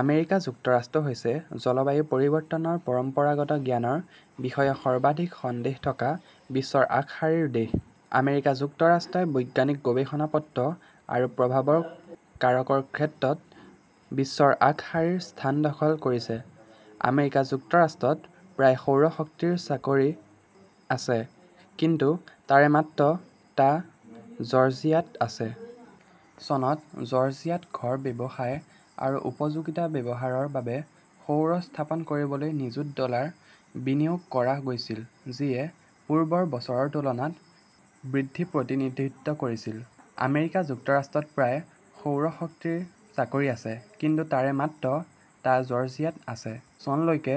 America যুক্তৰাষ্ট্ৰ হৈছে "জলবায়ু পৰিৱৰ্তনৰ পৰম্পৰাগত জ্ঞানৰ বিষয়ে সৰ্বাধিক সন্দেহ থকা" বিশ্বৰ আগশাৰীৰ দেশ। আমেৰিকা যুক্তৰাষ্ট্ৰই বৈজ্ঞানিক গৱেষণা পত্ৰ আৰু প্ৰভাৱৰ কাৰকৰ ক্ষেত্ৰত বিশ্বৰ আগশাৰীৰ স্থান দখল কৰিছে। আমেৰিকা যুক্তৰাষ্ট্ৰত প্ৰায় সৌৰ শক্তিৰ চাকৰি আছে, কিন্তু তাৰে মাত্ৰ টা জৰ্জিয়াত আছে। চনত, জৰ্জিয়াত ঘৰ, ব্যৱসায় আৰু উপযোগিতা ব্যৱহাৰৰ বাবে সৌৰ স্থাপন কৰিবলৈ নিযুত ডলাৰ বিনিয়োগ কৰা হৈছিল যিয়ে পূৰ্বৰ বছৰৰ তুলনাত বৃদ্ধি প্ৰতিনিধিত্ব কৰিছিল। আমেৰিকা যুক্তৰাষ্ট্ৰত প্ৰায় সৌৰ শক্তিৰ চাকৰি আছে, কিন্তু তাৰে মাত্ৰ টা জৰ্জিয়াত আছে। চনলৈকে,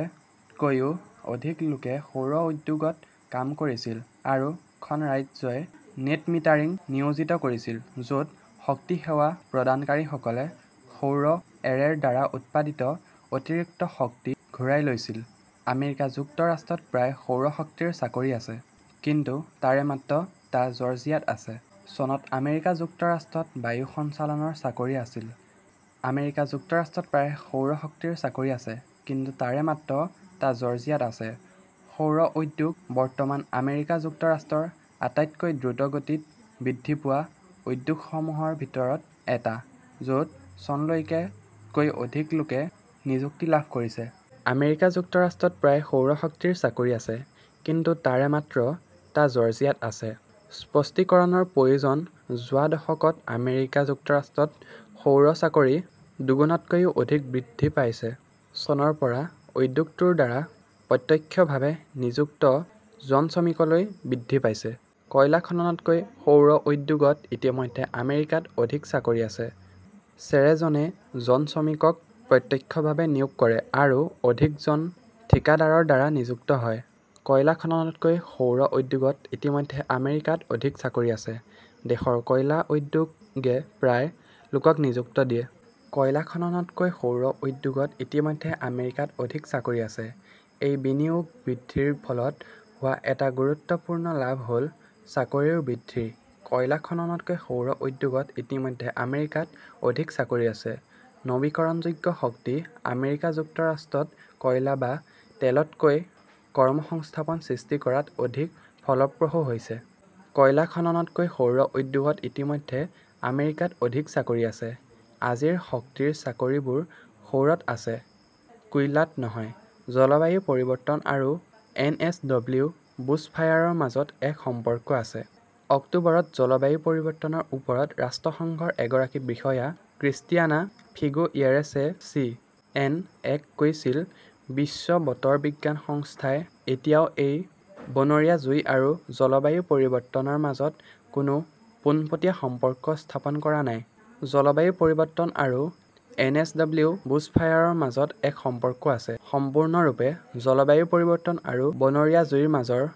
তকৈও অধিক লোকে সৌৰ উদ্যোগত কাম কৰিছিল আৰু খন ৰাজ্যই নেট মিটাৰিং নিয়োজিত কৰিছিল, য 'ত শক্তি সেৱা প্ৰদানকাৰীসকলে সৌৰ এৰেৰ দ্বাৰা উৎপাদিত অতিৰিক্ত শক্তি ঘূৰাই লৈছিল। আমেৰিকা যুক্তৰাষ্ট্ৰত প্ৰায় সৌৰ শক্তিৰ চাকৰি আছে, কিন্তু তাৰে মাত্ৰ টা জৰ্জিয়াত আছে। চনত আমেৰিকা যুক্তৰাষ্ট্ৰত বায়ু সঞ্চালনৰ চাকৰি আছিল। আমেৰিকা যুক্তৰাষ্ট্ৰত প্ৰায় সৌৰ শক্তিৰ চাকৰি আছে, কিন্তু তাৰে মাত্ৰ টা জৰ্জিয়াত আছে। সৌৰ উদ্যোগ বৰ্তমান আমেৰিকা যুক্তৰাষ্ট্ৰৰ আটাইতকৈ দ্ৰুতগতিত বৃদ্ধি পোৱা উদ্যোগসমূহৰ ভিতৰত এটা, য 'ত চনলৈকে তকৈও অধিক লোকে নিযুক্তি লাভ কৰিছে। আমেৰিকা যুক্তৰাষ্ট্ৰত প্ৰায় সৌৰ শক্তিৰ চাকৰি আছে, কিন্তু তাৰে মাত্ৰ টা জৰ্জিয়াত আছে। স্পষ্টীকৰণৰ প্ৰয়োজন যোৱা দশকত আমেৰিকা যুক্তৰাষ্ট্ৰত সৌৰ চাকৰি দুগুণতকৈও অধিক বৃদ্ধি পাইছে চনৰ পৰা উদ্যোগটোৰ দ্বাৰা প্ৰত্যক্ষভাৱে নিযুক্ত জন শ্ৰমিকলৈ বৃদ্ধি পাইছে। কয়লা খননতকৈ সৌৰ উদ্যোগত ইতিমধ্যে আমেৰিকাত অধিক চাকৰি আছে। চেৰেজনে জন শ্ৰমিকক প্ৰত্যক্ষভাৱে নিয়োগ কৰে, আৰু অধিক জন ঠিকাদাৰৰ দ্বাৰা নিযুক্ত হয়। কয়লা খননতকৈ সৌৰ উদ্যোগত ইতিমধ্যে আমেৰিকাত অধিক চাকৰি আছে। দেশৰ কয়লা উদ্যোগে প্ৰায় লোকক নিযুক্তি দিয়ে। কয়লা খননতকৈ সৌৰ উদ্যোগত ইতিমধ্যে আমেৰিকাত অধিক চাকৰি আছে। এই বিনিয়োগ বৃদ্ধিৰ ফলত হোৱা এটা গুৰুত্বপূৰ্ণ লাভ হ "ল চাকৰিৰ বৃদ্ধি। কয়লা খননতকৈ সৌৰ উদ্যোগত ইতিমধ্যে আমেৰিকাত অধিক চাকৰি আছে। নৱীকৰণযোগ্য শক্তি আমেৰিকা যুক্তৰাষ্ট্ৰত কয়লা বা তেলতকৈ কৰ্মসংস্থাপন সৃষ্টি কৰাত অধিক ফলপ্ৰসূ হৈছে। কয়লা খননতকৈ সৌৰ উদ্যোগত ইতিমধ্যে আমেৰিকাত অধিক চাকৰি আছে। "আজিৰ শক্তিৰ চাকৰিবোৰ সৌৰত আছে, কোইলাত নহয়। " জলবায়ু পৰিৱৰ্তন আৰু এনএছডব্লিউ বুশ্বফায়াৰৰ মাজত এক সম্পৰ্ক আছে। অক্টোবৰত জলবায়ু পৰিৱৰ্তনৰ ওপৰত ৰাষ্ট্ৰসংঘৰ এগৰাকী বিষয়া ক্ৰিষ্টিয়ানা ফিগুয়েৰেছে চি. এন. এন. ক কৈছিলঃ বিশ্ব বতৰ বিজ্ঞান সংস্থাই এতিয়াও এই বনৰীয়া জুই আৰু জলবায়ু পৰিৱৰ্তনৰ মাজত কোনো পোনপটীয়া সম্পৰ্ক স্থাপন কৰা নাই। জলবায়ু পৰিৱৰ্তন আৰু এনএছডব্লিউ বুশ্বফায়াৰৰ মাজত এক সম্পৰ্ক আছে। "" "সম্পূৰ্ণৰূপে" "জলবায়ু পৰিৱৰ্তন আৰু বনৰীয়া জুইৰ মাজৰ